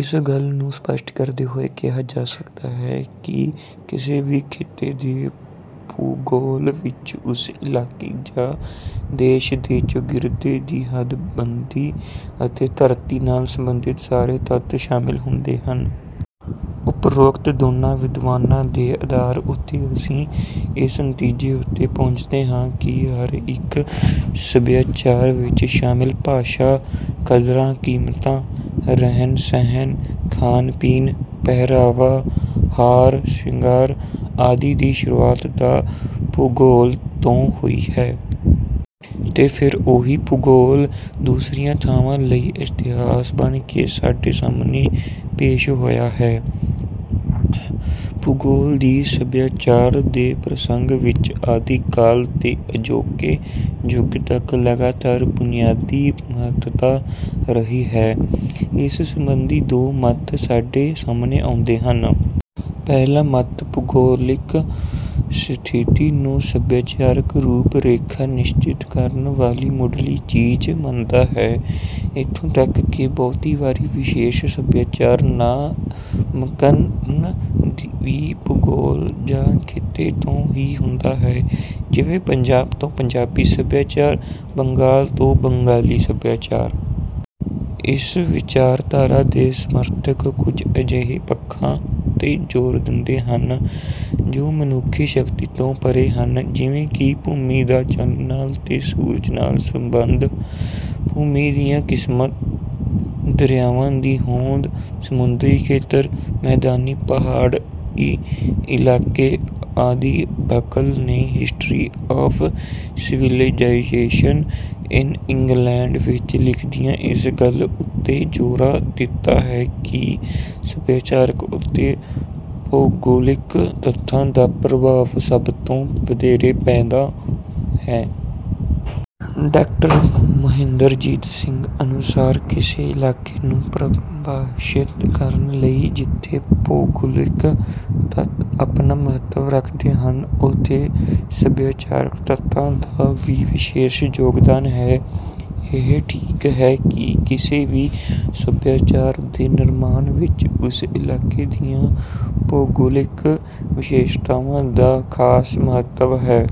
ਇਸ ਗੱਲ ਨੂੰ ਸਪਸ਼ਟ ਕਰਦੇ ਹੋਏ ਕਿਹਾ ਜਾ ਸਕਦਾ ਹੈ ਕਿ ਕਿਸੇ ਵੀ ਖਿੱਤੇ ਦੇ ਭੂਗੋਲ ਵਿੱਚ ਉਸ ਇਲਾਕੇ ਜਾਂ ਦੇਸ਼ ਦੇ ਚੌਗਿਰਦੇ ਦੀ ਹੱਦਬੰਦੀ ਅਤੇ ਧਰਤੀ ਨਾਲ ਸਬੰਧਿਤ ਸਾਰੇ ਤੱਤ ਸ਼ਾਮਿਲ ਹੁੰਦੇ ਹਨ। ਉਪਰੋਕਤ ਦੋਨਾਂ ਵਿਦਵਾਨਾਂ ਦੇ ਅਧਾਰ ਉੱਤੇ ਅਸੀਂ ਇਸ ਨਤੀਜੇ ਉੱਤੇ ਪਹੁੰਚਦੇ ਹਾਂ ਕਿ ਹਰ ਇੱਕ ਸਭਿਆਚਾਰ ਵਿੱਚ ਸ਼ਾਮਿਲ ਭਾਸ਼ਾ, ਕਦਰਾਂ ਕੀਮਤਾਂ, ਰਹਿਣ ਸਹਿਣ, ਖਾਣ ਪੀਣ, ਪਹਿਰਾਵਾ, ਹਾਰ ਸਿੰਗਾਰ ਆਦਿ ਦੀ ਸ਼ੁਰੂਆਤ ਤਾਂ ਭੂਗੋਲ ਤੋਂ ਹੋਈ ਹੈ। ਤੇ ਫਿਰ ਓਹੀ ਭੂਗੋਲ ਦੂਸਰੀਆਂ ਥਾਵਾਂ ਲਈ ਇਤਿਹਾਸ ਬਣ ਕੇ ਸਾਡੇ ਸਾਹਮਣੇ ਪੇਸ਼ ਹੋਇਆ ਹੈ। ਭੂਗੋਲ ਦੀ ਸਭਿਆਚਾਰ ਦੇ ਪ੍ਰਸੰਗ ਵਿੱਚ ਆਦਿ ਕਾਲ ਤੋਂ ਅਜੋਕੇ ਯੁੱਗ ਤੱਕ ਲਗਾਤਾਰ ਬੁਨਿਆਦੀ ਮਹੱਤਤਾ ਰਹੀ ਹੈ। ਇਸ ਸਬੰਧੀ ਦੋ ਮਤ ਸਾਡੇ ਸਾਹਮਣੇ ਆਉਂਦੇ ਹਨ। ਪਹਿਲਾ ਮਤ ਭੂਗੋਲਿਕ ਸਥਿਤੀ ਨੂੰ ਸਭਿਆਚਾਰਕ ਰੂਪ ਰੇਖਾ ਨਿਸ਼ਚਿਤ ਕਰਨ ਵਾਲੀ ਮੁੱਢਲੀ ਚੀਜ਼ ਮੰਨਦਾ ਹੈ। ਇੱਥੋਂ ਤੱਕ ਕਿ ਬਹੁਤੀ ਵਾਰੀ ਵਿਸ਼ੇਸ਼ ਸਭਿਆਚਾਰ ਦਾ ਨਾਮਕਰਣ ਵੀ ਭੂਗੋਲ ਜਾਂ ਖਿੱਤੇ ਤੋਂ ਹੀ ਹੁੰਦਾ ਹੈ, ਜਿਵੇਂ ਪੰਜਾਬ ਤੋਂ ਪੰਜਾਬੀ ਸਭਿਆਚਾਰ, ਬੰਗਾਲ ਤੋਂ ਬੰਗਾਲੀ ਸਭਿਆਚਾਰ। ਇਸ ਵਿਚਾਰਧਾਰਾ ਦੇ ਸਮਰਥਕ ਕੁੱਝ ਅਜਿਹੇ ਪੱਖਾਂ ਉੱਤੇ ਜੋਰ ਦਿੰਦੇ ਹਨ, ਜੋ ਮਨੁੱਖੀ ਸ਼ਕਤੀ ਤੋਂ ਪਰ੍ਹੇ ਹਨ। ਜਿਵੇਂ ਕਿ ਭੂਮੀ ਦਾ ਚੰਨ ਨਾਲ ਤੇ ਸੂਰਜ ਨਾਲ ਸੰਬੰਧ, ਭੂਮੀ ਦੀਆਂ ਕਿਸਮਾਂ, ਦਰਿਆਵਾਂ ਦੀ ਹੋਂਦ, ਸਮੁੰਦਰੀ ਖੇਤਰ, ਮੈਦਾਨੀ ਪਹਾੜੀ ਇਲਾਕੇ ਆਦਿ ਬਕਲ ਨੇ history of civilization in England ਵਿੱਚ ਲਿਖਦਿਆਂ ਇਸ ਗੱਲ ਉੱਤੇ ਜੋਰ ਦਿੱਤਾ ਹੈ ਕਿ ਸਭਿਆਚਾਰ ਉੱਤੇ ਭੂਗੋਲਿਕ ਤੱਥਾਂ ਦਾ ਪ੍ਰਭਾਵ ਸਭ ਤੋਂ ਵਧੇਰੇ ਪੈਂਦਾ ਹੈ। ਡਾਕਟਰ ਮੁਹਿੰਦਰਜੀਤ ਸਿੰਘ ਅਨੁਸਾਰ ਕਿਸੇ ਇਲਾਕੇ ਨੂੰ ਪ੍ਰਭਾਸ਼ਿਤ ਕਰਨ ਲਈ ਜਿੱਥੇ ਭੂਗੋਲਿਕ ਤੱਤ ਆਪਣਾ ਮਹੱਤਵ ਰੱਖਦੇ ਹਨ, ਉੱਥੇ ਸਭਿਆਚਾਰਕ ਤੱਤਾਂ ਦਾ ਵੀ ਵਿਸ਼ੇਸ਼ ਯੋਗਦਾਨ ਹੈ। ਇਹ ਠੀਕ ਹੈ ਕਿ ਕਿਸੇ ਵੀ ਸਭਿਆਚਾਰ ਦੇ ਨਿਰਮਾਣ ਵਿੱਚ ਉਸ ਇਲਾਕੇ ਦੀਆਂ ਭੂਗੋਲਿਕ ਵਿਸ਼ੇਸ਼ਤਾਵਾਂ ਦਾ ਖਾਸ ਮਹੱਤਵ ਹੈ।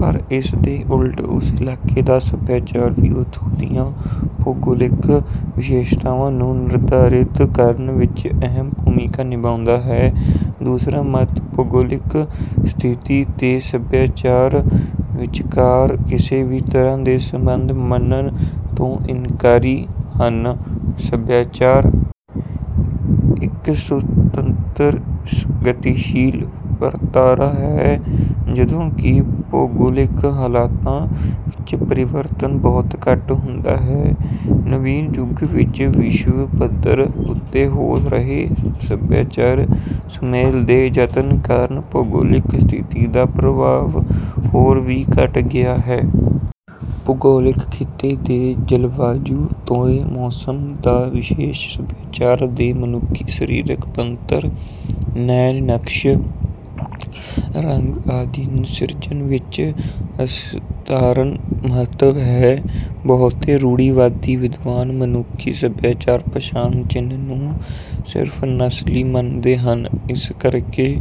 ਪਰ ਇਸ ਦੇ ਉਲਟ ਉਸ ਇਲਾਕੇ ਦਾ ਸਭਿਆਚਾਰ ਵੀ ਉੱਥੋਂ ਦੀਆਂ ਭੂਗੋਲਿਕ ਵਿਸ਼ੇਸ਼ਤਾਵਾਂ ਨੂੰ ਨਿਰਧਾਰਿਤ ਕਰਨ ਵਿੱਚ ਅਹਿਮ ਭੂਮਿਕਾ ਨਿਭਾਉਂਦਾ ਹੈ। ਦੂਸਰਾ ਮਤ ਭੂਗੋਲਿਕ ਸਥਿਤੀ ਤੇ ਸਭਿਆਚਾਰ ਵਿਚਕਾਰ ਕਿਸੇ ਵੀ ਤਰ੍ਹਾਂ ਦੇ ਸੰਬੰਧ ਮੰਨਣ ਤੋਂ ਇਨਕਾਰੀ ਹਨ। ਸਭਿਆਚਾਰ ਇੱਕ ਸੁਤੰਤਰ ਗਤੀਸ਼ੀਲ ਵਰਤਾਰਾ ਹੈ, ਜਦੋਂ ਕਿ ਭੂਗੋਲਿਕ ਹਾਲਾਤਾਂ ਵਿੱਚ ਪਰਿਵਰਤਨ ਬਹੁਤ ਘੱਟ ਹੁੰਦਾ ਹੈ। ਨਵੀਨ ਯੁੱਗ ਵਿੱਚ ਵਿਸ਼ਵ ਪੱਧਰ ਉੱਤੇ ਹੋ ਰਹੇ ਸਭਿਆਚਾਰ ਸੁਮੇਲ ਦੇ ਯਤਨ ਕਾਰਨ ਭੂਗੋਲਿਕ ਸਥਿਤੀ ਦਾ ਪ੍ਰਭਾਵ ਹੋਰ ਵੀ ਘੱਟ ਗਿਆ ਹੈ। ਭੂਗੋਲਿਕ ਖਿੱਤੇ ਦੇ ਜਲਵਾਯੂ ਤੇ ਮੌਸਮ ਦਾ ਵਿਸ਼ੇਸ਼ ਸਭਿਆਚਾਰ ਦੇ ਮਨੁੱਖੀ ਸਰੀਰਕ ਬਣਤਰ, ਨੈਣ ਨਕਸ਼, ਰੰਗ ਆਦਿ ਸਿਰਜਣ ਵਿੱਚ ਅਸਧਾਰਨ ਮਹੱਤਵ ਹੈ। ਬਹੁਤੇ ਰੂੜੀਵਾਦੀ ਵਿਦਵਾਨ ਮਨੁੱਖੀ ਸਭਿਆਚਾਰ ਪਛਾਣ ਚਿੰਨ੍ਹ ਨੂੰ ਸਿਰਫ ਨਸਲੀ ਮੰਨਦੇ ਹਨ। ਇਸ ਕਰਕੇ...